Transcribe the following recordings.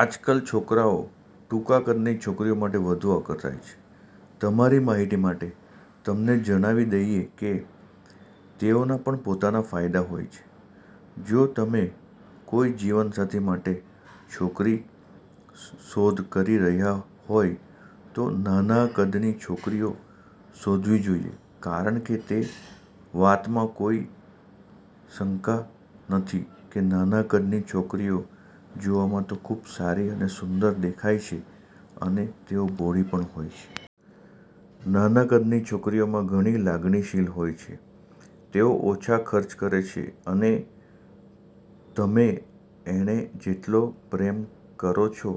આજકાલ, છોકરાઓ ટૂંકા કદની છોકરી માટે વધુ આકર્ષાય છે. તમારી માહિતી માટે, તમને જણાવી દઈએ કે તેઓના પણ પોતાના ફાયદા હોય છે. જો તમે કોઈ જીવનસાથી માટે છોકરી શોધ કરી રહ્યા હોય, તો નાના કદની છોકરી શોધવી જોઈએ કારણ કે તે વાતમાં કોઈ શંકા નથી કે નાના કદની છોકરીઓ જોવામાં તો ખૂબ સારી અને સુંદર દેખાય છે અને તેઓ ભોળી પણ હોય છે. નાના કદની છોકરીઓમાં ઘણી લાગણીશીલ હોય છે, તેઓ ઓછા ખર્ચ કરે છે અને તમે એણે જેટલો પ્રેમ કરો છો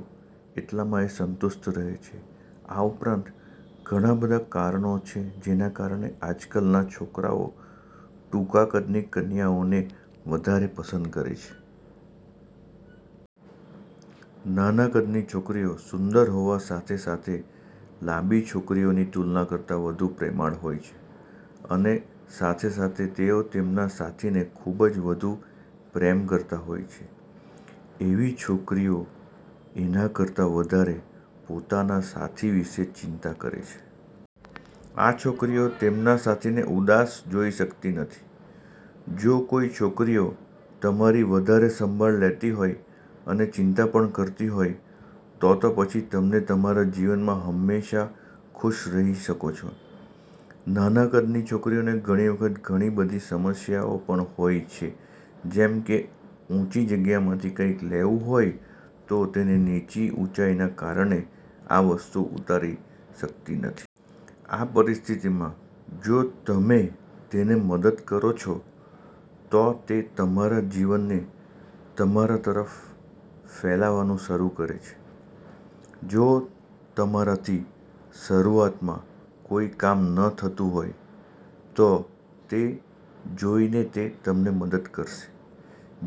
એટલામાં એ સંતુષ્ટ રહે છે. આ ઉપરાંત, ઘણા બધા કારણો છે જેના કારણે આજકાલ ના છોકરાઓ ટૂંકા કદની કન્યાઓને વધારે પસંદ કરે છે. નાના કદની છોકરીઓ સુંદર હોવાની સાથે સાથે લાંબી છોકરી ની તુલના કરતાં વધુ પ્રેમાળ હોય છે અને સાથે સાથે તેઓ તેમના સાથીને ખુબ જ વધુ પ્રેમ કરતા હોય છે. એવી છોકરીઓ એના કરતા વધારે પોતાના સાથી વિશે ચિંતા કરે છે. આ છોકરીઓ તેમના સાથીને ઉદાસ જોઈ શકતી નથી, જો કોઈ છોકરી તમારી વધારે સંભાળ લેતી હોય અને ચિંતા પણ કરતી હોય તો તો પછી તમે તમારા જીવનમાં હંમેશાં ખુશ રહી શકો છો. નાના કદની છોકરીઓને ઘણી વખત ઘણી બધી સમસ્યાઓ પણ હોય છે જેમ કે ઊંચી જગ્યામાંથી કંઈક લેવું હોય તો તેની નીચી ઊંચાઈના કારણે, આ વસ્તુ ઉતારી શકતી નથી. આ પરિસ્થિતિમાં, જો તમે તેને મદદ કરો છો, તો તે તમારા જીવનને તમારા તરફ ફેલાવવાનું શરૂ કરે છે. જો તમારાથી શરૂઆતમાં કોઇ કામ ન થતું હોય, તો તે જોઈને તે તમને મદદ કરશે,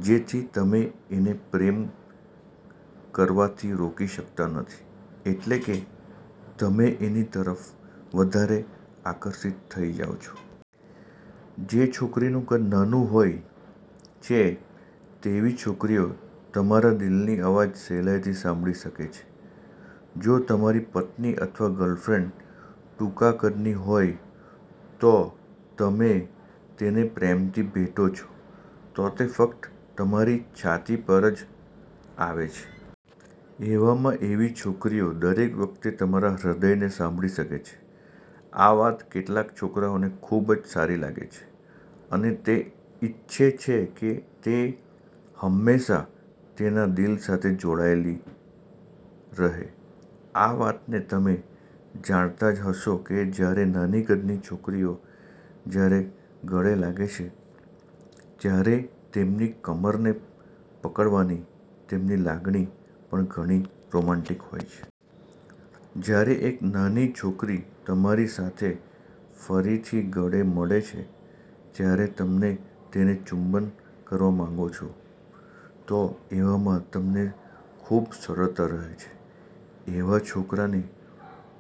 જેથી તમે એને પ્રેમ કરવાથી રોકી શકતા નથી એટલે કે તમે એની તરફ વધારે આકર્ષિત થઇ જાવ છો. જે છોકરીઓ નું કદ નાનું હોય છે, તેવી છોકરીઓ તમારા દિલની અવાજ સહેલાઈથી સાંભળી શકે છે, જો તમારી પત્ની અથવા ગર્લફ્રેન્ડ ટૂંકા કદની હોય તો તમે તેને પ્રેમથી ભેટો છો, તો તે ફક્ત તમારી છાતી પર જ આવે છે. એવામાં એવી છોકરીઓ દરેક વખતે તમારા હૃદયને સાંભળી શકે છે. આ વાત કેટલાક છોકરાઓને ખૂબ જ સારી લાગે છે અને તે ઈચ્છે છે કે તે હંમેશાં તેના દિલ સાથે જોડાયેલી રહે, આ વાત ને તમે જાણતા જ હશો કે જ્યારે નાની કદની છોકરીઓ જ્યારે ગળે લાગે છે, ત્યારે તેમની કમરને પકડવાની તેમની લાગણી પણ ઘણી રોમેન્ટિક હોય છે. જ્યારે એક નાની છોકરી તમારી સાથે ફરીથી ગળે મળે છે ત્યારે તમે તેને ચુંબન કરવા માંગો છો, તો એવામાં તમને ખૂબ સરળતા રહે છે. એવામાં છોકરા ને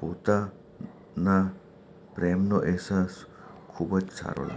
પોતાના પ્રેમનો અહેસાસ ખુબ જ સારો લાગે છે.